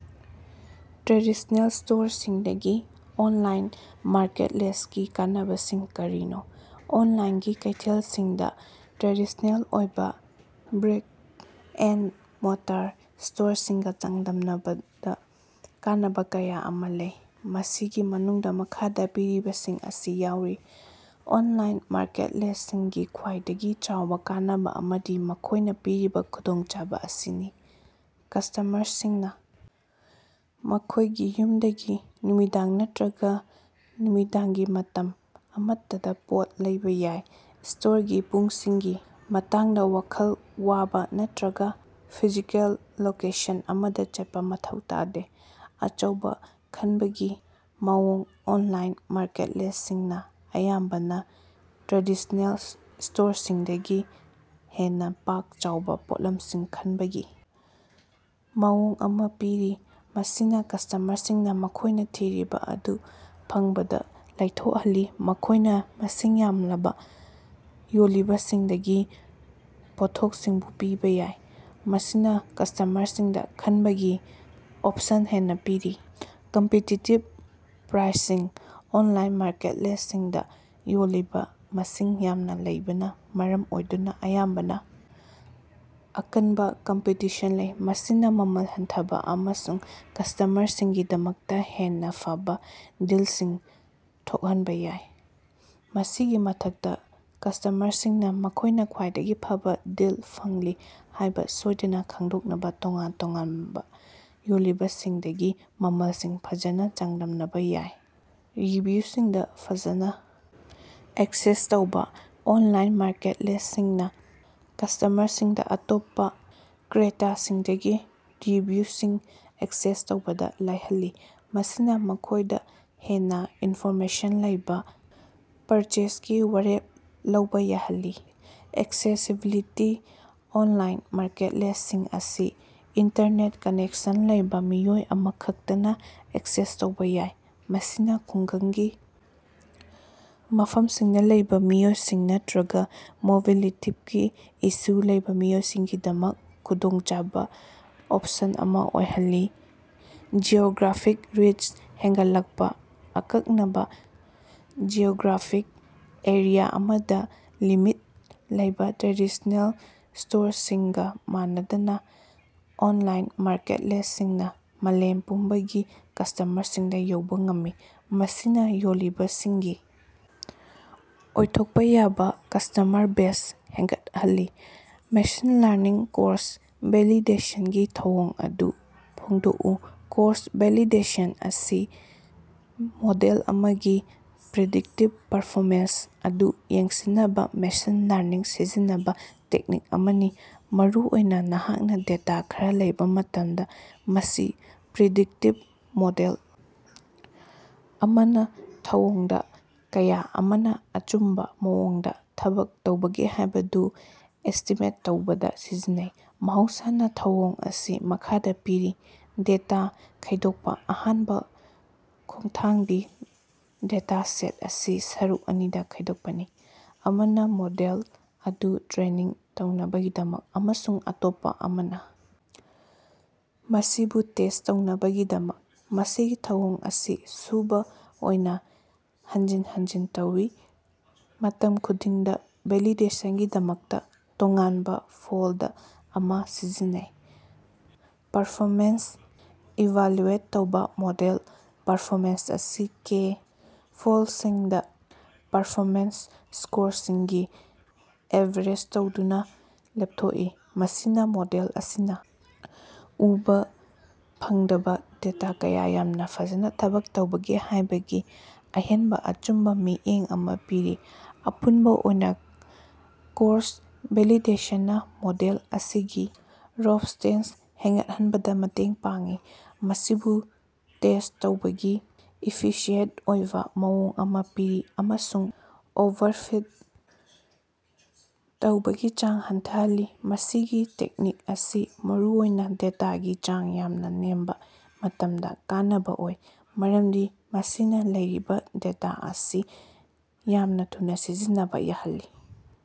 Traditional ꯁ꯭ꯇꯣꯔꯁꯤꯡꯗꯒꯤ online ꯃꯥꯔꯀꯦꯠꯞꯂꯦꯁꯀꯤ ꯀꯥꯟꯅꯕꯁꯤꯡ ꯀꯔꯤꯅꯣ? ꯑꯣꯟꯂꯥꯏꯟꯒꯤ ꯀꯩꯊꯦꯜꯁꯤꯡꯗ ꯇ꯭ꯔꯦꯗꯤꯁ꯭ꯅꯦꯜ ꯑꯣꯏꯕ ꯕ꯭ꯔꯤꯛ-ꯑꯦꯟꯗ-ꯃꯣꯔꯇꯔ ꯁ꯭ꯇꯣꯔꯁꯤꯡꯒ ꯆꯥꯡꯗꯝꯅꯕꯗ ꯀꯥꯟꯅꯕ ꯀꯌꯥ ꯑꯃ ꯂꯩ꯫ ꯃꯁꯤꯒꯤ ꯃꯅꯨꯡꯗ ꯃꯈꯥꯗ ꯄꯤꯔꯤꯕꯁꯤꯡ ꯑꯁꯤ ꯌꯥꯎꯔꯤ꯫ꯑꯣꯟꯂꯥꯏꯟ ꯃꯥꯔꯀꯦꯠꯄꯂꯦꯁꯁꯤꯡꯒꯤ ꯈ꯭ꯋꯥꯏꯗꯒꯤ ꯆꯥꯎꯕ ꯀꯥꯟꯅꯕ ꯑꯃꯗꯤ ꯃꯈꯣꯏꯅ ꯄꯤꯔꯤꯕ ꯈꯨꯗꯣꯡꯆꯥꯕ ꯑꯁꯤꯅꯤ꯫ ꯀꯁ꯭ꯇꯃꯔꯁꯤꯡꯅ ꯃꯈꯣꯏꯒꯤ ꯌꯨꯝꯗꯒꯤ ꯅꯨꯃꯤꯗꯥꯡ ꯅꯠꯇꯔꯒ ꯅꯨꯃꯤꯗꯥꯡꯒꯤ ꯃꯇꯝ ꯑꯃꯠꯇꯗ ꯄꯣꯠ ꯂꯩꯕ ꯌꯥꯏ꯫ꯁ꯭ꯇꯣꯔꯒꯤ ꯄꯨꯡꯁꯤꯡꯒꯤ ꯃꯇꯥꯡꯗ ꯋꯥꯈꯜ ꯋꯥꯕ ꯅꯠꯇꯔꯒ ꯐꯤꯖꯤꯀꯦꯜ ꯂꯣꯀꯦꯁꯟ ꯑꯃꯗ ꯆꯠꯄ ꯃꯊꯧ ꯇꯥꯗꯦ꯫ ꯑꯆꯧꯕ ꯈꯟꯕꯒꯤ ꯃꯑꯣꯡ ꯑꯣꯟꯂꯥꯏꯟ ꯃꯥꯔꯀꯦꯠꯄꯂꯦꯁꯁꯤꯡꯅ ꯑꯌꯥꯝꯕꯅ ꯇ꯭ꯔꯦꯗꯤꯁ꯭ꯅꯦꯜ ꯁ꯭ꯇꯣꯔꯁꯤꯡꯗꯒꯤ ꯍꯦꯟꯅ ꯄꯥꯛ-ꯆꯥꯎꯕ ꯄꯣꯠꯂꯝꯁꯤꯡ ꯈꯟꯕꯒꯤ ꯃꯑꯣꯡ ꯑꯃ ꯄꯤꯔꯤ꯫ꯃꯁꯤꯅ ꯀꯁ꯭ꯇꯃꯔꯁꯤꯡꯅ ꯃꯈꯣꯏꯅ ꯊꯤꯔꯤꯕ ꯑꯗꯨ ꯐꯪꯕꯗ ꯂꯥꯏꯊꯣꯛꯍꯜꯂꯤ꯫ ꯃꯈꯣꯏꯅ ꯃꯁꯤꯡ ꯌꯥꯝꯂꯕ ꯌꯣꯜꯂꯤꯕꯁꯤꯡꯗꯒꯤ ꯄꯣꯠꯊꯣꯛꯁꯤꯡꯁꯨ ꯄꯤꯕ ꯌꯥꯏ꯫ ꯃꯁꯤꯅ ꯀꯁ꯭ꯇꯃꯔꯁꯤꯡꯗ ꯈꯟꯕꯒꯤ ꯑꯣꯞꯁꯟ ꯍꯦꯟꯅ ꯄꯤꯔꯤ꯫ ꯀꯝꯄꯤꯇꯤꯇꯤꯕ ꯄ꯭ꯔꯥꯏꯁꯤꯡ ꯑꯣꯟꯂꯥꯏꯟ ꯃꯥꯔꯀꯦꯠꯂꯦꯁꯁꯤꯡꯗ ꯌꯣꯜꯂꯤꯕ ꯃꯁꯤꯡ ꯌꯥꯝꯅ ꯂꯩꯕꯅ ꯃꯔꯝ ꯑꯣꯏꯗꯨꯅ ꯑꯌꯥꯝꯕꯅ ꯑꯀꯟꯕ ꯀꯝꯄꯤꯇꯤꯁꯟ ꯂꯩ꯫ ꯃꯁꯤꯅ ꯃꯃꯜ ꯍꯟꯊꯕ ꯑꯃꯁꯨꯡ ꯀꯁ꯭ꯇꯃꯔꯁꯤꯡꯒꯤꯗꯃꯛꯇ ꯍꯦꯟꯅ ꯐꯕ ꯗꯤꯜꯁꯤꯡ ꯊꯣꯛꯍꯟꯕ ꯌꯥꯏ꯫ ꯃꯁꯤꯒꯤ ꯃꯊꯛꯇ ꯀꯁ꯭ꯇꯃꯔꯁꯤꯡꯅ ꯃꯈꯣꯏꯅ ꯈ꯭ꯋꯥꯏꯗꯒꯤ ꯐꯕ ꯗꯤꯜ ꯐꯪꯂꯤ ꯍꯥꯏꯕ ꯁꯣꯏꯗꯅ ꯈꯪꯗꯣꯛꯅꯕ ꯇꯣꯉꯥꯟ ꯇꯣꯉꯥꯟꯕ ꯌꯣꯜꯂꯤꯕꯁꯤꯡꯗꯒꯤ ꯃꯃꯜꯁꯤꯡ ꯐꯖꯅ ꯆꯥꯡꯗꯝꯅꯕ ꯌꯥꯏ꯫ ꯔꯤꯚꯤꯌꯨꯁꯤꯡꯗ ꯐꯖꯅ ꯑꯦꯛꯁꯦꯁ ꯇꯧꯕ ꯑꯣꯟꯂꯥꯏꯟ ꯃꯥꯔꯀꯦꯠꯄꯂꯦꯁꯁꯤꯡꯅ ꯀꯁ꯭ꯇꯃꯔꯁꯤꯡꯗ ꯑꯇꯣꯞꯄ ꯀ꯭ꯔꯦꯇꯥꯁꯤꯡꯗꯒꯤ ꯔꯤꯚꯤꯌꯨꯁꯤꯡ ꯑꯦꯛꯁꯦꯁ ꯇꯧꯕꯗ ꯂꯥꯏꯍꯜꯂꯤ, ꯃꯁꯤꯅ ꯃꯈꯣꯏꯗ ꯍꯦꯟꯅ ꯏꯟꯐꯣꯔꯃꯦꯁꯟ ꯂꯩꯕ ꯄꯔꯆꯦꯖꯒꯤ ꯋꯥꯔꯦꯞ ꯂꯧꯕ ꯌꯥꯍꯜꯂꯤ꯫ ꯑꯦꯛꯁꯦꯁꯤꯕꯤꯂꯤꯇꯤ ꯑꯣꯟꯂꯥꯏꯟ ꯃꯥꯔꯀꯦꯠꯄꯂꯦꯁꯁꯤꯡ ꯑꯁꯤ ꯏꯟꯇꯔꯅꯦꯠ ꯀꯅꯦꯛꯁꯟ ꯂꯩꯕ ꯃꯤꯑꯣꯏ ꯑꯃꯍꯦꯛꯇꯅ ꯑꯦꯛꯁꯦꯁ ꯇꯧꯕ ꯌꯥꯏ꯫ꯃꯁꯤꯅ ꯈꯨꯡꯒꯪꯒꯤ ꯃꯐꯝꯁꯤꯡꯗ ꯂꯩꯕ ꯃꯤꯑꯣꯏꯁꯤꯡ ꯅꯠꯇꯔꯒ ꯃꯣꯕꯤꯂꯤꯇꯤꯒꯤ ꯏꯁꯨ ꯂꯩꯕ ꯃꯤꯑꯣꯏꯁꯤꯡꯒꯤꯗꯃꯛ ꯈꯨꯗꯣꯡꯆꯥꯕ ꯑꯣꯞꯁꯟ ꯑꯃ ꯑꯣꯏꯍꯜꯂꯤ꯫ ꯖꯤꯑꯣꯒ꯭ꯔꯥꯐꯤꯛ ꯔꯤꯆ ꯍꯦꯟꯒꯠꯂꯛꯄ ꯑꯀꯛꯅꯕꯥ ꯖꯤꯑꯣꯒ꯭ꯔꯥꯐꯤꯛ ꯑꯦꯔꯤꯌ ꯑꯃꯗ ꯂꯤꯃꯤꯠ ꯂꯩꯕ ꯇ꯭ꯔꯦꯗꯤꯁ꯭ꯅꯦꯜ ꯁ꯭ꯇꯣꯔꯁꯤꯡꯒ ꯃꯥꯟꯅꯗꯅ, ꯑꯣꯟꯂꯥꯏꯟ ꯃꯥꯔꯀꯦꯠꯄꯂꯦꯁꯁꯤꯡꯅ ꯃꯥꯂꯦꯝ ꯄꯨꯝꯕꯒꯤ ꯀꯁ꯭ꯇꯃꯔꯁꯤꯡꯗ ꯌꯧꯕ ꯉꯝꯃꯤ, ꯃꯁꯤꯅ ꯌꯣꯜꯂꯤꯕꯁꯤꯡꯒꯤ ꯑꯣꯏꯊꯣꯛꯄ ꯌꯥꯕ ꯀꯁ꯭ꯇꯃꯔ ꯕꯦꯖ ꯍꯦꯟꯒꯠꯍꯜꯂꯤ꯫ ꯃꯦꯁꯤꯟ ꯂꯔꯅꯤꯡꯗ ꯀ꯭ꯔꯣꯁ-ꯚꯦꯂꯤꯗꯦꯁꯟꯒꯤ ꯊꯧꯑꯣꯡ ꯑꯗꯨ ꯐꯣꯡꯗꯣꯛꯎ꯫ ꯀ꯭ꯔꯣꯁ-ꯚꯦꯂꯤꯗꯦꯁꯟ ꯑꯁꯤ ꯃꯣꯗꯦꯜ ꯑꯃꯒꯤ ꯄ꯭ꯔꯤꯗꯤꯛꯇꯤꯚ ꯄꯔꯐꯣꯃꯦꯟꯁ ꯑꯗꯨ ꯌꯦꯡꯁꯤꯟꯅꯕ ꯃꯦꯁꯤꯟ ꯂꯔꯅꯤꯡ ꯁꯤꯖꯤꯟꯅꯕ ꯇꯦꯛꯅꯤꯛ ꯑꯃꯅꯤ꯫ ꯃꯔꯨꯑꯣꯏꯅ ꯅꯍꯥꯛꯅ ꯗꯦꯇꯥ ꯈꯔ ꯂꯩꯕ ꯃꯇꯝꯗ ꯃꯁꯤ ꯄ꯭ꯔꯤꯗꯤꯛꯇꯤꯚ ꯃꯣꯗꯦꯜ ꯑꯃꯅ ꯊꯧꯑꯣꯡꯗ ꯀꯌꯥ ꯑꯃꯅ ꯑꯆꯨꯝꯕ ꯃꯑꯣꯡꯗ ꯊꯕꯛ ꯇꯧꯕꯒꯦ ꯍꯥꯏꯕꯗꯨ ꯑꯦꯁ꯭ꯇꯤꯃꯦꯠ ꯇꯧꯕꯗ ꯁꯤꯖꯤꯟꯅꯩ꯫ ꯃꯍꯧꯁꯥꯅ ꯊꯧꯑꯣꯡ ꯑꯁꯤ ꯃꯈꯥꯗ ꯄꯤꯔꯤ ꯗꯦꯇꯥ ꯈꯥꯏꯗꯣꯛꯄ ꯑꯍꯥꯟꯕ ꯈꯣꯡꯊꯥꯡꯗꯤ ꯗꯦꯇꯥꯁꯦꯠ ꯑꯁꯤ ꯁꯔꯨꯛ ꯑꯅꯤꯗ ꯈꯥꯏꯗꯣꯛꯄꯅꯤ꯫ꯑꯃꯅ ꯃꯣꯗꯦꯜ ꯑꯗꯨ ꯇ꯭ꯔꯦꯅꯤꯡ ꯇꯧꯅꯕꯒꯤꯗꯃꯛ ꯑꯃꯁꯨꯡ ꯑꯇꯣꯞꯄ ꯑꯃꯅ ꯃꯁꯤꯕꯨ ꯇꯦꯁ꯭ꯠ ꯇꯧꯅꯕꯒꯤꯗꯃꯛ꯫ ꯃꯁꯤꯒꯤ ꯊꯧꯑꯣꯡ ꯑꯁꯤ ꯁꯨꯕ ꯑꯣꯏꯅ ꯍꯟꯖꯤꯟ ꯍꯟꯖꯤꯟ ꯇꯧꯏ, ꯃꯇꯝ ꯈꯨꯗꯤꯡꯗ ꯚꯦꯂꯤꯗꯦꯁꯟꯒꯤꯗꯃꯛꯇ ꯇꯣꯉꯥꯟꯕ ꯐꯣꯜꯗ ꯑꯃ ꯁꯤꯖꯤꯟꯅꯩ꯫ ꯄꯔꯐꯣꯃꯦꯟꯁ ꯏꯚꯥꯂꯨꯑꯦꯠ ꯇꯧꯕ ꯃꯣꯗꯦꯜ ꯄꯔꯐꯣꯃꯦꯟꯁ ꯑꯁꯤ ꯀꯦ-ꯐꯣꯜꯗꯁꯤꯡꯗ ꯄꯔꯐꯣꯃꯦꯟꯁ ꯁ꯭ꯀꯣꯔꯁꯤꯡꯒꯤ ꯑꯦꯚꯥꯔꯦꯖ ꯇꯧꯗꯨꯅ ꯂꯦꯞꯊꯣꯛꯏ꯫ ꯃꯁꯤꯅ ꯃꯣꯗꯦꯜ ꯑꯁꯤꯅ ꯎꯕ ꯐꯪꯗꯕ ꯗꯦꯇꯥ ꯀꯌꯥ ꯌꯥꯝꯅ ꯐꯖꯅ ꯊꯕꯛ ꯇꯧꯕꯒꯦ ꯍꯥꯏꯕꯒꯤ ꯍꯦꯟꯅ ꯑꯆꯨꯝꯕ ꯃꯤꯠꯌꯦꯡ ꯑꯃ ꯄꯤꯔꯤ꯫ ꯑꯄꯨꯟꯕ ꯑꯣꯏꯅ ꯀ꯭ꯔꯣꯁ-ꯚꯦꯂꯤꯗꯦꯁꯟꯅ ꯃꯣꯗꯦꯜ ꯑꯁꯤꯒꯤ ꯔꯣꯕꯁ꯭ꯇꯦꯟꯁ ꯍꯦꯟꯒꯠꯍꯟꯕꯗ ꯃꯇꯦꯡ ꯄꯥꯡꯏ, ꯃꯁꯤꯕꯨ ꯇꯦꯁ꯭ꯠ ꯇꯧꯕꯒꯤ ꯏꯐꯤꯁꯤꯌꯦꯟꯇ ꯑꯣꯏꯕ ꯃꯑꯣꯡ ꯑꯃ ꯄꯤ ꯑꯃꯁꯨꯡ ꯑꯣꯚꯔꯐꯤꯠ ꯇꯧꯕꯒꯤ ꯆꯥꯡ ꯍꯟꯊꯍꯜꯂꯤ꯫ ꯃꯁꯤꯒꯤ ꯇꯦꯛꯅꯤꯛ ꯑꯁꯤ ꯃꯔꯨꯑꯣꯏꯅ ꯗꯦꯇꯥꯒꯤ ꯆꯥꯡ ꯌꯥꯝꯅ ꯅꯦꯝꯕ ꯃꯇꯝꯗ ꯀꯥꯟꯅꯕ ꯑꯣꯏ, ꯃꯔꯝꯗꯤ ꯃꯁꯤꯅ ꯂꯩꯔꯤꯕ ꯗꯦꯇꯥ ꯑꯁꯤ ꯌꯥꯝꯅ ꯊꯨꯅ ꯁꯤꯖꯤꯟꯅꯕ ꯌꯥꯍꯜꯂꯤ꯫